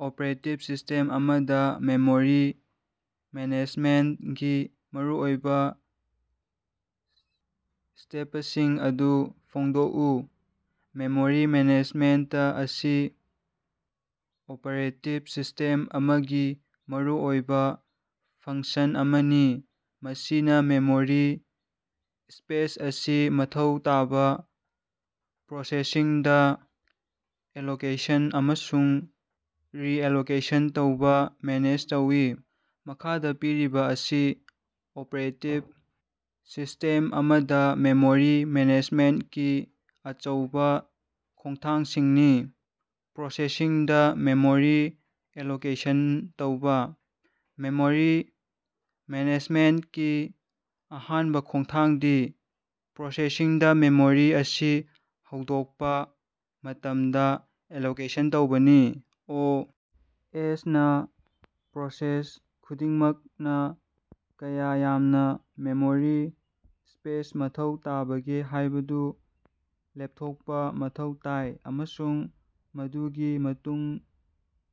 Operating system ꯑꯃꯗꯥ memory ꯃꯦꯅꯦꯖꯃꯦꯟꯇꯒꯤ ꯃꯔꯨꯑꯣꯏꯕꯥ ꯁ꯭ꯇꯦꯄꯁꯤꯡ ꯑꯗꯨ ꯐꯣꯡꯗꯣꯛꯎ꯫ ꯃꯦꯃꯣꯔꯤ ꯃꯦꯅꯦꯖꯃꯦꯟꯇ ꯑꯁꯤ ꯑꯣꯄꯔꯦꯇꯤꯞ ꯁꯤꯁ꯭ꯇꯦꯝ ꯑꯃꯒꯤ ꯃꯔꯨꯑꯣꯏꯕꯥ ꯐꯪꯁꯟ ꯑꯃꯅꯤ, ꯃꯁꯤꯅꯥ ꯃꯦꯃꯣꯔꯤ ꯁ꯭ꯄꯦꯁ ꯑꯁꯤ ꯃꯊꯧ ꯇꯥꯕꯥ ꯄ꯭ꯔꯣꯁꯦꯁꯁꯤꯡꯗꯥ ꯑꯦꯂꯣꯀꯦꯁꯟ ꯑꯃꯁꯨꯡ ꯔꯤꯑꯦꯂꯣꯀꯦꯁꯟ ꯇꯧꯕꯥ ꯃꯦꯅꯦꯖ ꯇꯧꯏ꯫ ꯃꯈꯥꯗꯥ ꯄꯤꯔꯤꯕꯥ ꯑꯁꯤ ꯑꯣꯄꯔꯦꯇꯤꯞ ꯁꯤꯁ꯭ꯇꯦꯝ ꯑꯃꯗꯥ ꯃꯦꯃꯣꯔꯤ ꯃꯦꯅꯦꯖꯃꯦꯟꯇꯀꯤ ꯑꯆꯧꯕꯥ ꯈꯣꯡꯊꯥꯡꯁꯤꯡꯅꯤ: ꯄ꯭ꯔꯣꯁꯦꯁꯁꯤꯡꯗꯥ ꯃꯦꯃꯣꯔꯤ ꯑꯦꯂꯣꯀꯦꯁꯟ ꯇꯧꯕꯥ: ꯃꯦꯃꯣꯔꯤ ꯃꯦꯅꯦꯖꯃꯦꯟꯇꯀꯤ ꯑꯍꯥꯟꯕꯥ ꯈꯣꯡꯊꯥꯡꯗꯤ ꯄ꯭ꯔꯣꯁꯦꯁꯁꯤꯡꯗꯥ ꯃꯦꯃꯣꯔꯤ ꯑꯁꯤ ꯍꯧꯗꯣꯛꯄꯥ ꯃꯇꯝꯗꯥ ꯑꯦꯂꯣꯀꯦꯁꯟ ꯇꯧꯕꯅꯤ꯫ ꯑꯣ. ꯑꯦꯁ. ꯅꯥ ꯄ꯭ꯔꯣꯁꯦꯁ ꯈꯨꯗꯤꯡꯃꯛꯅꯥ ꯀꯌꯥ ꯌꯥꯝꯅꯥ ꯃꯦꯃꯣꯔꯤ ꯁ꯭ꯄꯦꯁ ꯃꯊꯧ ꯇꯥꯕꯒꯦ ꯍꯥꯏꯕꯗꯨ ꯂꯦꯞꯊꯣꯛꯄꯥ ꯃꯊꯧ ꯇꯥꯏ ꯑꯃꯁꯨꯡ ꯃꯗꯨꯒꯤ ꯃꯇꯨꯡ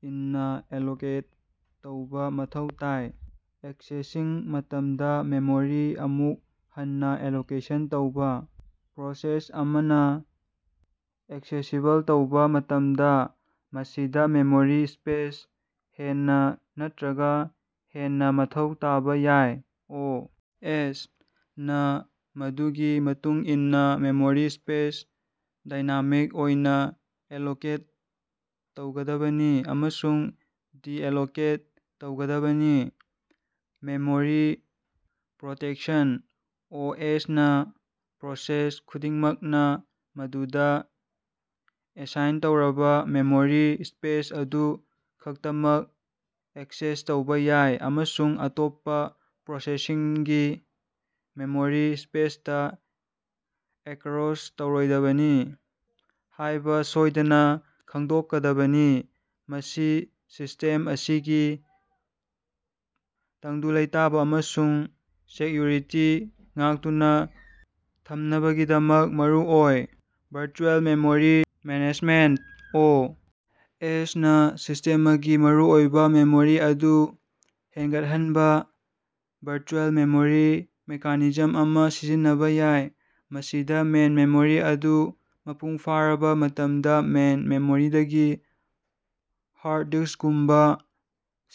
ꯏꯟꯅꯥ ꯑꯦꯂꯣꯀꯦꯠ ꯇꯧꯕꯥ ꯃꯊꯧ ꯇꯥꯏ꯫ ꯑꯦꯛꯁꯦꯁꯤꯡ ꯃꯇꯝꯗꯥ ꯃꯦꯃꯣꯔꯤ ꯑꯃꯨꯛ ꯍꯟꯅꯥ ꯑꯦꯂꯣꯀꯦꯁꯟ ꯇꯧꯕꯥ: ꯄ꯭ꯔꯣꯁꯦꯁ ꯑꯃꯅꯥ ꯑꯦꯛꯁꯦꯁꯤꯕꯜ ꯇꯧꯕꯥ ꯃꯇꯝꯗꯥ, ꯃꯁꯤꯗꯥ ꯃꯦꯃꯣꯔꯤ ꯁ꯭ꯄꯦꯁ ꯍꯦꯟꯅꯥ ꯅꯠꯇꯔꯒꯥ ꯍꯦꯟꯅꯥ ꯃꯊꯧ ꯇꯥꯕꯥ ꯌꯥꯏ꯫ ꯑꯣ. ꯑꯦꯁ. ꯅꯥ ꯃꯗꯨꯒꯤ ꯃꯇꯨꯡ ꯏꯟꯅꯥ ꯃꯦꯃꯣꯔꯤ ꯁ꯭ꯄꯦꯁ ꯗꯥꯏꯅꯥꯃꯤꯛ ꯑꯣꯏꯅꯥ ꯑꯦꯂꯣꯀꯦꯠ ꯇꯧꯒꯗꯕꯅꯤ ꯑꯃꯁꯨꯡ ꯗꯤꯑꯦꯂꯣꯀꯦꯠ ꯇꯧꯒꯗꯕꯅꯤ꯫ ꯃꯦꯃꯣꯔꯤ ꯄ꯭ꯔꯣꯇꯦꯛꯁꯟ: ꯑꯣ. ꯑꯦꯁ. ꯅꯥ ꯄ꯭ꯔꯣꯁꯦꯁ ꯈꯨꯗꯤꯡꯃꯛꯅꯥ ꯃꯗꯨꯗꯥ ꯑꯦꯁꯥꯏꯟ ꯇꯧꯔꯕꯥ ꯃꯦꯃꯣꯔꯤ ꯁ꯭ꯄꯦꯁ ꯑꯗꯨ ꯈꯛꯇꯃꯛ ꯑꯦꯛꯁꯦꯁ ꯇꯧꯕꯥ ꯌꯥꯏ ꯑꯃꯁꯨꯡ ꯑꯇꯣꯞꯄꯥ ꯄ꯭ꯔꯣꯁꯦꯁꯁꯤꯡꯒꯤ ꯃꯦꯃꯣꯔꯤ ꯁ꯭ꯄꯦꯁꯇꯥ ꯑꯦꯛꯀꯔꯣꯁ ꯇꯧꯔꯣꯏꯗꯕꯅꯤ ꯍꯥꯏꯕꯥ ꯁꯣꯏꯗꯅꯥ ꯈꯪꯗꯣꯛꯀꯗꯕꯅꯤ꯫ ꯃꯁꯤ ꯁꯤꯁ꯭ꯇꯦꯝ ꯑꯁꯤꯒꯤ ꯇꯪꯗꯨ ꯂꯩꯇꯥꯕꯥ ꯑꯃꯁꯨꯡ ꯁꯦꯛꯌꯨꯔꯤꯇꯤ ꯉꯥꯛꯇꯨꯅꯥ ꯊꯝꯅꯕꯒꯤꯗꯃꯛ ꯃꯔꯨꯑꯣꯏ꯫ Virtual memory management: O. S. ꯅꯥ ꯁꯤꯁ꯭ꯇꯦꯃꯒꯤ ꯃꯔꯨꯑꯣꯏꯕꯥ ꯃꯦꯃꯣꯔꯤ ꯑꯗꯨ ꯍꯦꯟꯒꯠꯍꯟꯅꯕꯥ ꯚꯔꯆꯨꯑꯦꯜ ꯃꯦꯃꯣꯔꯤ ꯃꯦꯀꯥꯅꯤꯖꯝ ꯑꯃꯥ ꯁꯤꯖꯤꯟꯅꯕꯥ ꯌꯥꯏ꯫ ꯃꯁꯤꯗꯥ ꯃꯦꯟ ꯃꯦꯃꯣꯔꯤ ꯑꯗꯨ ꯃꯄꯨꯡ ꯐꯥꯔꯕꯥ ꯃꯇꯝꯗꯥ ꯃꯦꯟ ꯃꯦꯃꯣꯔꯤꯗꯒꯤ ꯍꯥꯔꯗ ꯗꯤꯁ꯭ꯀꯒꯨꯝꯕꯥ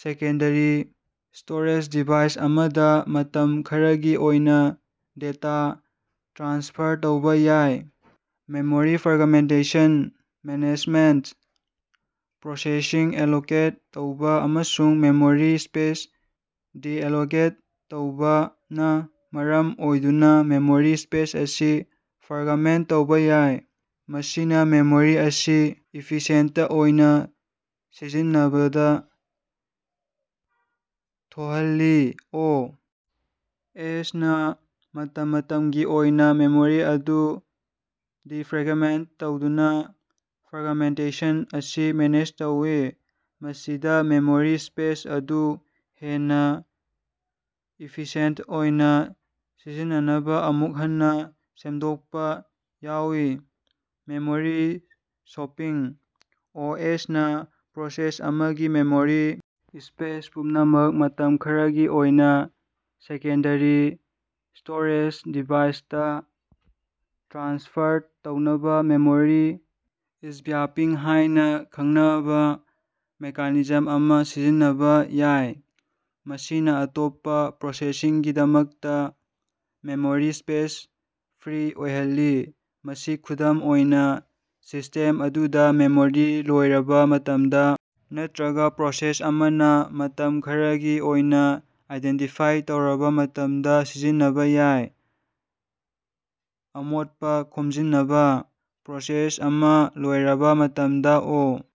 ꯁꯦꯀꯦꯟꯗꯔꯤ ꯁ꯭ꯇꯣꯔꯦꯖ ꯗꯤꯚꯥꯏꯁ ꯑꯃꯗꯥ ꯃꯇꯝ ꯈꯔꯒꯤ ꯑꯣꯏꯅꯥ ꯗꯦꯇꯥ ꯇ꯭ꯔꯥꯟꯁꯐꯔ ꯇꯧꯕꯥ ꯌꯥꯎꯏ꯫ ꯃꯦꯃꯣꯔꯤ ꯐ꯭ꯔꯒꯃꯦꯟꯇꯦꯁꯟ ꯃꯦꯅꯦꯖꯃꯦꯟꯇ: ꯄ꯭ꯔꯣꯁꯦꯁꯁꯤꯡ ꯑꯦꯂꯣꯀꯦꯠ ꯇꯧꯕꯥ ꯑꯃꯁꯨꯡ ꯃꯦꯃꯣꯔꯤ ꯁ꯭ꯄꯦꯁ ꯗꯤꯑꯦꯂꯣꯀꯦꯠ ꯇꯧꯕꯅꯥ ꯃꯔꯝ ꯑꯣꯏꯗꯨꯅꯥ ꯃꯦꯃꯣꯔꯤ ꯁ꯭ꯄꯦꯁ ꯑꯁꯤ ꯐ꯭ꯔꯒꯃꯦꯟꯇ ꯇꯧꯕꯥ ꯌꯥꯏ, ꯃꯁꯤꯅꯥ ꯃꯦꯃꯣꯔꯤ ꯑꯁꯤ ꯏꯐꯤꯁꯤꯑꯦꯟꯇ ꯑꯣꯏꯅꯥ ꯁꯤꯖꯤꯟꯅꯕꯗꯥ ꯊꯣꯍꯜꯂꯤ꯫ ꯑꯣ. ꯑꯦꯁ. ꯅꯥ ꯃꯇꯝ ꯃꯇꯝꯒꯤ ꯑꯣꯏꯅꯥ ꯃꯦꯃꯣꯔꯤ ꯑꯗꯨ ꯗꯤꯐ꯭ꯔꯦꯒꯃꯦꯟꯇ ꯇꯧꯗꯨꯅꯥ ꯐ꯭ꯔꯒꯃꯦꯟꯇꯦꯁꯟ ꯑꯁꯤ ꯃꯦꯅꯦꯖ ꯇꯧꯏ, ꯃꯁꯤꯗꯥ ꯃꯦꯃꯣꯔꯤ ꯁ꯭ꯄꯦꯁ ꯑꯗꯨ ꯍꯦꯟꯅꯥ ꯏꯐꯤꯁꯤꯑꯦꯟꯇ ꯑꯣꯏꯅꯥ ꯁꯤꯖꯤꯟꯅꯅꯕꯥ ꯑꯃꯨꯛ ꯍꯟꯅꯥ ꯁꯦꯝꯗꯣꯛꯄꯥ ꯌꯥꯎꯏ꯫ ꯃꯦꯃꯣꯔꯤ ꯁꯣꯄꯤꯡ: ꯑꯣ. ꯑꯦꯁ. ꯅꯥ ꯄ꯭ꯔꯣꯁꯦꯁ ꯑꯃꯒꯤ ꯃꯦꯃꯣꯔꯤ ꯁ꯭ꯄꯦꯁ ꯄꯨꯝꯅꯃꯛ ꯃꯇꯝ ꯈꯔꯒꯤ ꯑꯣꯏꯅꯥ ꯁꯦꯀꯦꯟꯗꯔꯤ ꯁ꯭ꯇꯣꯔꯦꯖ ꯗꯤꯚꯥꯏꯁꯇꯥ ꯇ꯭ꯔꯥꯟꯁꯐꯔ ꯇꯧꯅꯕꯥ ꯃꯦꯃꯣꯔꯤ ꯁ꯭ꯕ꯭ꯌꯥꯄꯤꯡ ꯍꯥꯏꯅꯥ ꯈꯪꯅꯕꯥ ꯃꯦꯀꯥꯅꯤꯖꯝ ꯑꯃꯥ ꯁꯤꯖꯤꯟꯅꯕꯥ ꯌꯥꯏ, ꯃꯁꯤꯅꯥ ꯑꯇꯣꯞꯄꯥ ꯄ꯭ꯔꯣꯁꯦꯁꯁꯤꯡꯒꯤꯗꯃꯛꯇꯥ ꯃꯦꯃꯣꯔꯤ ꯁ꯭ꯄꯦꯁ ꯐ꯭ꯔꯤ ꯑꯣꯏꯍꯜꯂꯤ꯫ ꯃꯁꯤ ꯈꯨꯗꯝ ꯑꯣꯏꯅꯥ, ꯁꯤꯁ꯭ꯇꯦꯝ ꯑꯗꯨꯗꯥ ꯃꯦꯃꯣꯔꯤ ꯂꯣꯏꯔꯕꯥ ꯃꯇꯝꯗꯥ ꯅꯠꯇꯔꯒꯥ ꯄ꯭ꯔꯣꯁꯦꯁ ꯑꯃꯅꯥ ꯃꯇꯝ ꯈꯔꯒꯤ ꯑꯣꯏꯅꯥ ꯑꯥꯏꯗꯦꯟꯇꯤꯐꯥꯏ ꯇꯧꯔꯕꯥ ꯃꯇꯝꯗꯥ ꯁꯤꯖꯤꯟꯅꯕꯥ ꯌꯥꯏ꯫ ꯑꯃꯣꯠꯄꯥ ꯈꯣꯝꯖꯤꯅꯕꯥ: ꯄ꯭ꯔꯣꯁꯦꯁ ꯑꯃꯥ ꯂꯣꯏꯔꯕꯥ ꯃꯇꯝꯗꯥ ꯑꯣ꯫